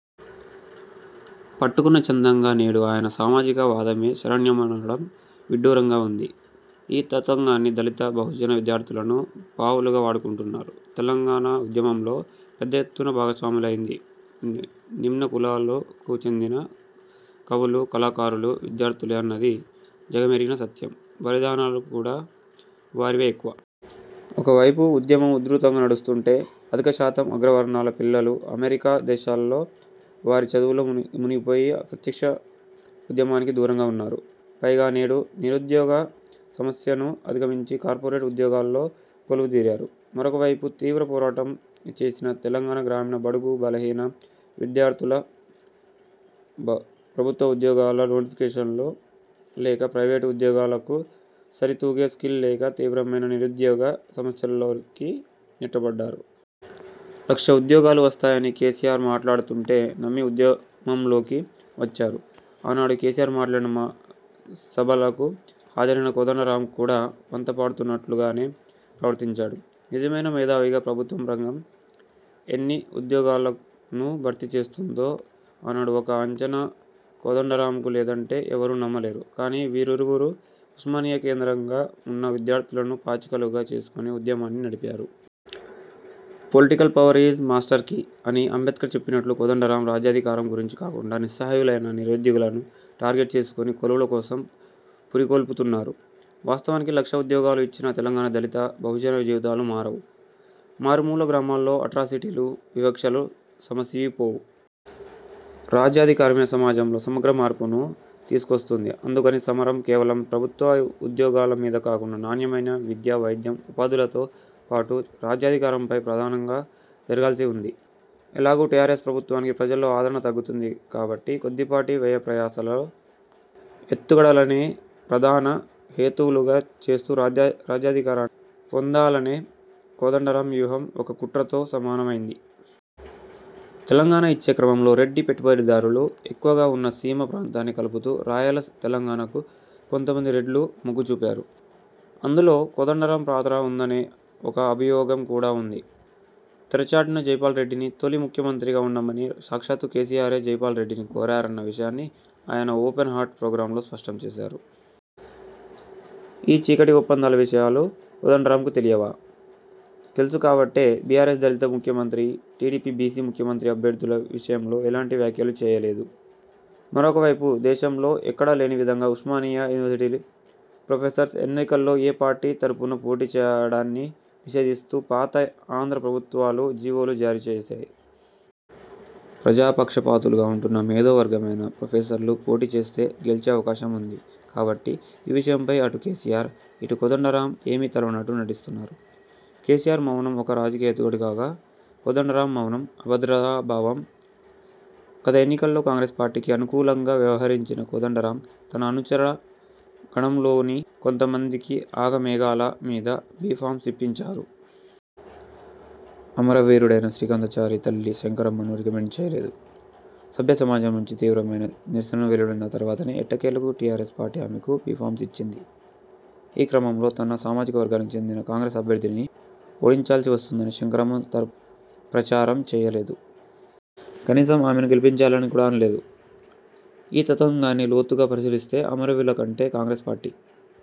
పట్టుకున్న చందంగా నేడు ఆయన సామాజిక వాదమే శరణ్యమనడం విడ్డూరంగా ఉంది. ఈ తతంగాన్ని దళిత, బహుజన విద్యార్థులను పావులుగా వాడుకుంటున్నారు. తెలంగాణ ఉద్యమంలో పెద్ద ఎత్తున భాగస్వాములైంది నిమ్నకులాలో చెందిన కవులు, కళాకారులు, విద్యార్థులే అన్నది జగమెరిగిన సత్యం. బలిదానాలు కూడా వారివే ఎక్కువ. ఒకవైపు ఉద్యమం ఉధృతంగా నడుస్తుంటే, అధికశాతం అగ్రవర్ణాల పిల్లలు అమెరికా దేశాల్లో వారి చదువుల్లో మునిగిపోయి ప్రత్యక్ష ఉద్యమానికి దూరంగా ఉన్నారు. పైగా నేడు నిరుద్యోగ సమస్యను అధిగమించి కార్పొరేట్ ఉద్యోగాల్లో కొలువు దీరారు. మరొకవైపు తీవ్ర పోరాటం చేసిన తెలంగాణ గ్రామీణ బడుగు, బలహీన విద్యార్థుల ప్రభుత్వ ఉద్యోగాల నోటిఫికేషన్లు లేక, ప్రైవేటు ఉద్యోగాలకు సరితూగే స్కిల్ లేక తీవ్రమైన నిరుద్యోగ సమస్యలోకి నెట్టబడ్డారు. లక్ష ఉద్యోగాలు వస్తాయని కేసీఆర్ మాట్లాడుతుంటే నమ్మి ఉద్యమంలోకి వచ్చారు. ఆనాడు కేసీఆర్ మాట్లాడిన సభలకు హాజరైన కోదండరాం కూడా వంతపాడుతున్నట్లుగానే ప్రవర్తించాడు. నిజమైన మేధావిగా ప్రభుత్వ రంగం ఎన్ని ఉద్యోగాలను భర్తీ చేస్తుందో ఆనాడు ఒక అంచనా కోదండరాంకు లేదంటే ఎవరూ నమ్మలేరు. కానీ వీరిరువురూ ఉస్మానియా కేంద్రంగా ఉన్న విద్యార్థులను పాచికలుగా చేసుకుని ఉద్యమాన్ని నడిపారు. 'Political power is master key' అని అంబేడ్కర్ చెప్పినట్లు కోదండరాం రాజ్యాధికారం గురించి కాకుండా నిస్సహాయులైన నిరుద్యోగులను టార్గెట్ చేసుకుని కొలువుల కోసం పురికొల్పుతున్నారు. వాస్తవానికి లక్ష ఉద్యోగాలు ఇచ్చినా తెలంగాణ దళిత, బహుజన జీవితాలు మారవు. మారుమూల గ్రామాల్లో అట్రాసిటీలు, వివక్షలు సమసిపోవు. రాజ్యాధికారమే సమాజంలో సమగ్ర మార్పును తీసుకొస్తుంది. అందుకని సమరం కేవలం ప్రభుత్వ ఉద్యోగాల మీద కాకుండా నాణ్యమైన విద్య, వైద్యం, ఉపాధులతో పాటు రాజ్యాధికారంపై ప్రధానంగా జరగాల్సి ఉంది. ఎలాగూ టీఆర్ఎస్ ప్రభుత్వానికి ప్రజల్లో ఆదరణ తగ్గుతుంది కాబట్టి కొద్దిపాటి వ్యయప్రయాసల ఎత్తుగడలనే ప్రధాన హేతువులుగా చేస్తూ రాజ్య రాజ్యాధికారాన్ని పొందాలనే కోదండరాం వ్యూహం ఒక కుట్రతో సమానమైంది. తెలంగాణ ఇచ్చే క్రమంలో రెడ్డి పెట్టుబడిదారులు ఎక్కువగా ఉన్న సీమ ప్రాంతాన్ని కలుపుతూ రాయల తెలంగాణకు కొంతమంది రెడ్లు మొగ్గు చూపారు. అందులో కోదండరాం పాత్ర ఉందనే ఒక అభియోగం కూడా ఉంది. తెరచాటున జైపాల్రెడ్డిని తొలి ముఖ్యమంత్రిగా ఉండమని సాక్షాత్తూ కేసీఆరే జైపాల్ రెడ్డిని కోరారన్న విషయాన్ని ఆయన 'ఓపెన్ హార్ట్' ప్రోగ్రాంలో స్పష్టం చేశారు. ఈ చీకటి ఒప్పందాల విషయాలు కోదండరాంకు తెలియవా? తెలుసు కాబట్టే టీఆర్ఎస్ దళిత ముఖ్యమంత్రి, టీడీపీ బీసీ ముఖ్యమంత్రి అభ్యర్థుల విషయంలో ఎలాంటి వ్యాఖ్యలు చేయలేదు. మరొక వైపు దేశంలో ఎక్కడా లేని విధంగా ఉస్మానియా యూవివర్సిటీ ప్రొఫెసర్స్ ఎన్నికల్లో ఏ పార్టీ తరఫున పోటీ చేయడాన్ని నిషేధిస్తూ పాత ఆంధ్రా ప్రభుత్వాలు జీవోలు జారీ చేసాయి. ప్రజా పక్షపాతులుగా ఉంటున్న మేధో వర్గమైన ప్రొఫెసర్లు పోటీ చేస్తే గెలిచే అవకాశం ఉంది కాబట్టి ఈ విషయంపై అటు కేసీఆర్, ఇటు కోదండరాం ఏమీ తెల్వనట్లు నటిస్తున్నారు. కేసీఆర్ మౌనం ఒక రాజకీయ ఎత్తుగడ కాగా, కోదండరాం మౌనం అభద్రతా భావం. గత ఎన్నికల్లో కాంగ్రెస్ పార్టీకి అనుకూలంగా వ్యవహరించిన కోదండరాం తన అనుచరగణంలోని కొంతమందికి ఆగమేఘాల మీద బీ ఫామ్స్ ఇప్పించారు. అమరవీరుడైన శ్రీకాంతాచారి తల్లి శంకరమ్మను రికమెండ్ చేయలేదు. సభ్య సమాజం నుంచి తీవ్రమైన నిరసన వెలువడిన తర్వాతనే ఎట్టకేలకు టీఆర్ఎస్ పార్టీ ఆమెకు బీ ఫామ్ ఇచ్చింది. ఈ క్రమంలో తన సామాజిక వర్గానికి చెందిన కాంగ్రెస్ అభ్యర్థిని ఓడించాల్సి వస్తుందని శంకరమ్మ తరఫు ప్రచారం చేయలేదు. కనీసం ఆమెను గెలిపించాలని కూడా అనలేదు. ఈ తతంగాన్ని లోతుగా పరిశీలిస్తే అమరవీరులకంటే కాంగ్రెస్ పార్టీ